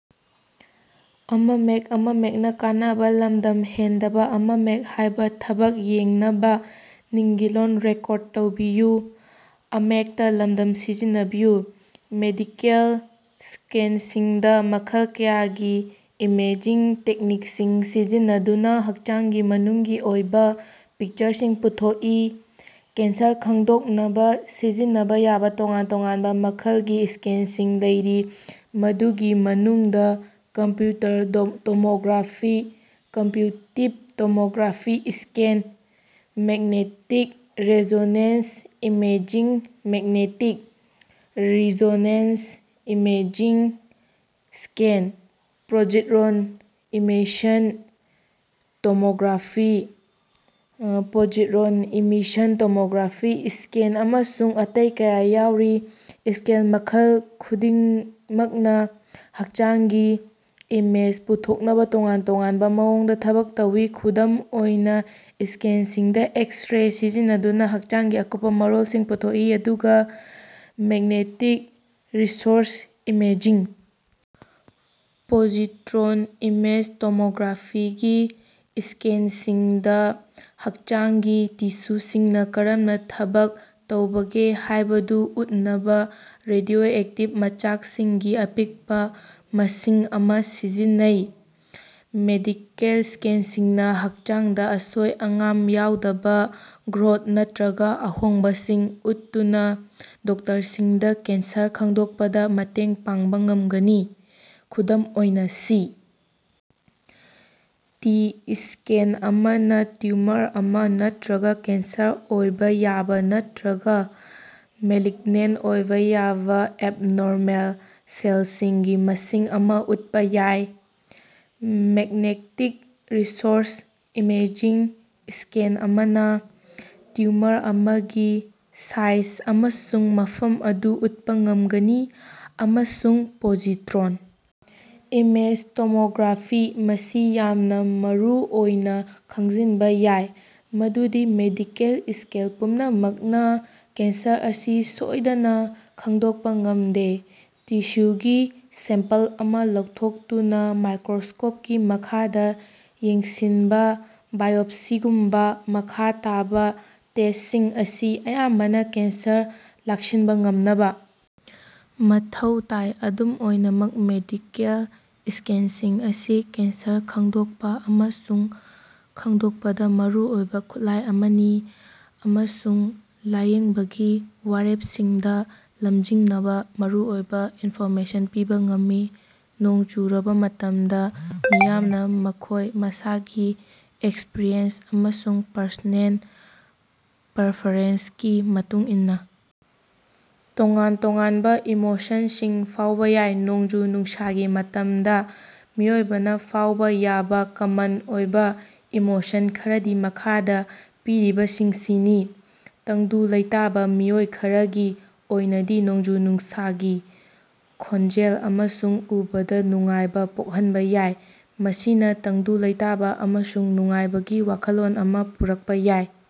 Medical ꯁ꯭ꯀꯦꯟꯁꯤꯡꯗ ꯃꯈꯜ ꯀꯌꯥꯒꯤ ꯏꯃꯦꯖꯤꯡ ꯇꯦꯛꯅꯤꯛꯁꯤꯡ ꯁꯤꯖꯤꯟꯅꯗꯨꯅ ꯍꯛꯆꯥꯡꯒꯤ ꯃꯅꯨꯡꯒꯤ ꯑꯣꯏꯕ ꯄꯤꯛꯆꯔꯁꯤꯡ ꯄꯨꯊꯣꯛꯏ꯫ ꯀꯦꯟꯁꯔ ꯈꯪꯗꯣꯛꯅꯕ ꯁꯤꯖꯤꯟꯅꯕ ꯌꯥꯕ ꯇꯣꯉꯥꯟ ꯇꯣꯉꯥꯟꯕ ꯃꯈꯜꯒꯤ ꯁ꯭ꯀꯦꯟꯁꯤꯡ ꯂꯩꯔꯤ꯫ ꯃꯗꯨꯒꯤ ꯃꯅꯨꯡꯗ computer tomography computed tomography scan, magnetic resonance imaging magnetic resonance imaging scan, positron emission tomography (positron emission tomography ) scan ꯑꯃꯁꯨꯡ ꯑꯇꯩ ꯀꯌꯥ ꯌꯥꯎꯔꯤ꯫ ꯁ꯭ꯀꯦꯟ ꯃꯈꯜ ꯈꯨꯗꯤꯡꯃꯛꯅ ꯍꯛꯆꯥꯡꯒꯤ ꯏꯃꯦꯖ ꯄꯨꯊꯣꯛꯅꯕ ꯇꯣꯉꯥꯟ ꯇꯣꯉꯥꯟꯕ ꯃꯑꯣꯡꯗ ꯊꯕꯛ ꯇꯧꯏ꯫ ꯈꯨꯗꯝ ꯑꯣꯏꯅ, ꯁ꯭ꯀꯦꯟꯁꯤꯡꯗ ꯑꯦꯛꯁ-ꯔꯦ ꯁꯤꯖꯤꯟꯅꯗꯨꯅꯥ ꯍꯛꯆꯥꯡꯒꯤ ꯑꯀꯨꯞꯄ ꯃꯔꯣꯜꯁꯤꯡ ꯄꯨꯊꯣꯛꯏ, ꯑꯗꯨꯒ magnetic resonance imaging. Positron. Image tomography. ꯒꯤ ꯁ꯭ꯀꯦꯟꯁꯤꯡꯗ ꯍꯛꯆꯥꯡꯒꯤ ꯇꯤꯁ꯭ꯌꯨꯁꯤꯡꯅ ꯀꯔꯝꯅ ꯊꯕꯛ ꯇꯧꯔꯤꯕꯒꯦ ꯍꯥꯏꯕꯗꯨ ꯎꯠꯅꯕ ꯔꯦꯗꯤꯑꯣꯑꯦꯛꯇꯤꯚ ꯃꯆꯥꯛꯁꯤꯡꯒꯤ ꯑꯄꯤꯛꯄ ꯃꯁꯤꯡ ꯑꯃ ꯁꯤꯖꯤꯟꯅꯩ꯫ ꯃꯦꯗꯤꯀꯦꯜ ꯁ꯭ꯀꯦꯟꯁꯤꯡꯅ ꯍꯛꯆꯥꯡꯗ ꯑꯁꯣꯏ-ꯑꯉꯥꯝ ꯌꯥꯎꯗꯕ ꯒ꯭ꯔꯣꯊ ꯅꯠꯇ꯭ꯔꯒ ꯑꯍꯣꯡꯕꯁꯤꯡ ꯎꯠꯇꯨꯅ ꯗꯣꯛꯇꯔꯁꯤꯡꯗ ꯀꯦꯟꯁꯔ ꯈꯪꯗꯣꯛꯄꯗ ꯃꯇꯦꯡ ꯄꯥꯡꯕ ꯉꯝꯒꯅꯤ꯫ ꯈꯨꯗꯝ ꯑꯣꯏꯅ, ꯁꯤ. ꯇꯤ. ꯁ꯭ꯀꯦꯟ ꯑꯃꯅꯥ ꯇꯤꯎꯃꯔ ꯑꯃꯥ, ꯅꯠꯇ꯭ꯔꯒ ꯀꯦꯟꯁꯔ ꯑꯣꯏꯕ ꯌꯥꯕ ꯅꯠꯇ꯭ꯔꯒ ꯃꯦꯂꯤꯒꯅꯦꯟꯇ ꯑꯣꯏꯕ ꯌꯥꯕ ꯑꯦꯕꯅꯣꯔꯃꯦꯜ ꯁꯦꯜꯁꯤꯡꯒꯤ ꯃꯁꯤꯡ ꯑꯃ ꯎꯠꯄ ꯌꯥꯏ꯫ ꯃꯦꯛꯅꯦꯛꯇꯤꯛ ꯔꯤꯁꯣꯔꯁ ꯏꯃꯦꯖꯤꯡ ꯁ꯭ꯀꯦꯟ ꯑꯃꯅ ꯇꯤꯎꯃꯔ ꯑꯃꯒꯤ ꯁꯥꯏꯖ ꯑꯃꯁꯨꯡ ꯃꯐꯝ ꯑꯗꯨ ꯎꯠꯄ ꯉꯝꯒꯅꯤ꯫ ꯑꯃꯁꯨꯡ ꯄꯣꯖꯤꯇ꯭ꯔꯣꯟ. ꯏꯃꯦꯖ ꯇꯣꯃꯣꯒ꯭ꯔꯥꯐꯤ ꯃꯁꯤ ꯌꯥꯝꯅ ꯃꯔꯨꯑꯣꯏꯅ ꯈꯪꯖꯤꯟꯕ ꯌꯥꯏ ꯫ ꯃꯗꯨꯗꯤ ꯃꯦꯗꯤꯀꯦꯜ ꯁ꯭ꯀꯦꯟ ꯄꯨꯝꯅꯃꯛꯅ ꯀꯦꯟꯁꯔ ꯑꯁꯤ ꯁꯣꯏꯗꯅ ꯈꯪꯗꯣꯛꯄ ꯉꯃꯗꯦ꯫ ꯇꯤꯁ꯭ꯌꯨꯒꯤ ꯁꯦꯝꯄꯜ ꯑꯃ ꯂꯧꯊꯣꯛꯇꯨꯅ ꯃꯥꯏꯀꯔꯣꯁ꯭ꯀꯣꯄꯀꯤ ꯃꯈꯥꯗ ꯌꯦꯡꯁꯤꯟꯕ ꯕꯥꯏꯑꯣꯞꯁꯤꯒꯨꯝꯕ ꯃꯈꯥ ꯇꯥꯕ ꯇꯦꯁ꯭ꯇꯁꯤꯡ ꯑꯁꯤ ꯑꯌꯥꯝꯕꯅ ꯀꯦꯟꯁꯔ ꯂꯥꯛꯁꯤꯟꯕ ꯉꯝꯅꯕ ꯃꯊꯧ ꯇꯥꯏ꯫ ꯑꯗꯨꯝ ꯑꯣꯏꯅꯃꯛ, ꯃꯦꯗꯤꯀꯦꯜ ꯁ꯭ꯀꯦꯟꯁꯤꯡ ꯑꯁꯤ ꯀꯦꯟꯁꯔ ꯈꯪꯗꯣꯛꯄ ꯑꯃꯁꯨꯡ ꯈꯪꯗꯣꯛꯄꯗ ꯃꯔꯨꯑꯣꯏꯕ ꯈꯨꯠꯂꯥꯏ ꯑꯃꯅꯤ꯫ ꯑꯃꯁꯨꯡ ꯂꯥꯏꯌꯦꯡꯕꯒꯤ ꯋꯥꯔꯦꯄꯁꯤꯡꯗ ꯂꯝꯖꯤꯡꯅꯕ ꯃꯔꯨꯑꯣꯏꯕ ꯏꯅꯐꯣꯔꯃꯦꯁꯟ ꯄꯤꯕ ꯉꯝꯃꯤ꯫ ꯅꯣꯡ ꯆꯨꯔꯕꯥ ꯃꯇꯝꯗ, ꯃꯤꯌꯥꯝꯅ ꯃꯈꯣꯏ ꯃꯁꯥꯒꯤ ꯑꯦꯛꯁꯄꯔꯤꯌꯦꯟꯁ ꯑꯃꯁꯨꯡ ꯄꯔꯁꯣꯅꯦꯜ ꯄꯔꯐꯦꯔꯦꯟꯁꯀꯤ ꯃꯇꯨꯡꯏꯟꯅ ꯇꯣꯉꯥꯟ-ꯇꯣꯉꯥꯟꯕ ꯏꯃꯣꯁꯟꯁꯤꯡ ꯐꯥꯎꯕ ꯌꯥꯏ꯫ ꯅꯣꯡꯖꯨ-ꯅꯨꯡꯁꯥꯒꯤ ꯃꯇꯝꯗ ꯃꯤꯑꯣꯏꯕꯅ ꯐꯥꯎꯕ ꯌꯥꯕ ꯀꯃꯟ ꯑꯣꯏꯕ ꯏꯃꯣꯁꯟ ꯈꯔꯗꯤ ꯃꯈꯥꯗ ꯄꯤꯔꯤꯕꯁꯤꯡꯁꯤꯅꯤ: ꯇꯪꯗꯨ ꯂꯩꯇꯥꯕ ꯃꯤꯑꯣꯏ ꯈꯔꯒꯤ ꯑꯣꯏꯅꯗꯤ, ꯅꯣꯡꯖꯨ-ꯅꯨꯡꯁꯥꯒꯤ ꯈꯣꯟꯖꯦꯜ ꯑꯃꯁꯨꯡ ꯎꯕꯗ ꯅꯨꯡꯉꯥꯏꯕ ꯄꯣꯛꯍꯟꯕ ꯌꯥꯏ꯫ ꯃꯁꯤꯅ ꯇꯪꯗꯨ ꯂꯩꯇꯥꯕ ꯑꯃꯁꯨꯡ ꯅꯨꯡꯉꯥꯏꯕꯒꯤ ꯋꯥꯈꯜꯂꯣꯟ ꯑꯃꯥ ꯄꯨꯔꯛꯄꯥ ꯌꯥꯏ꯫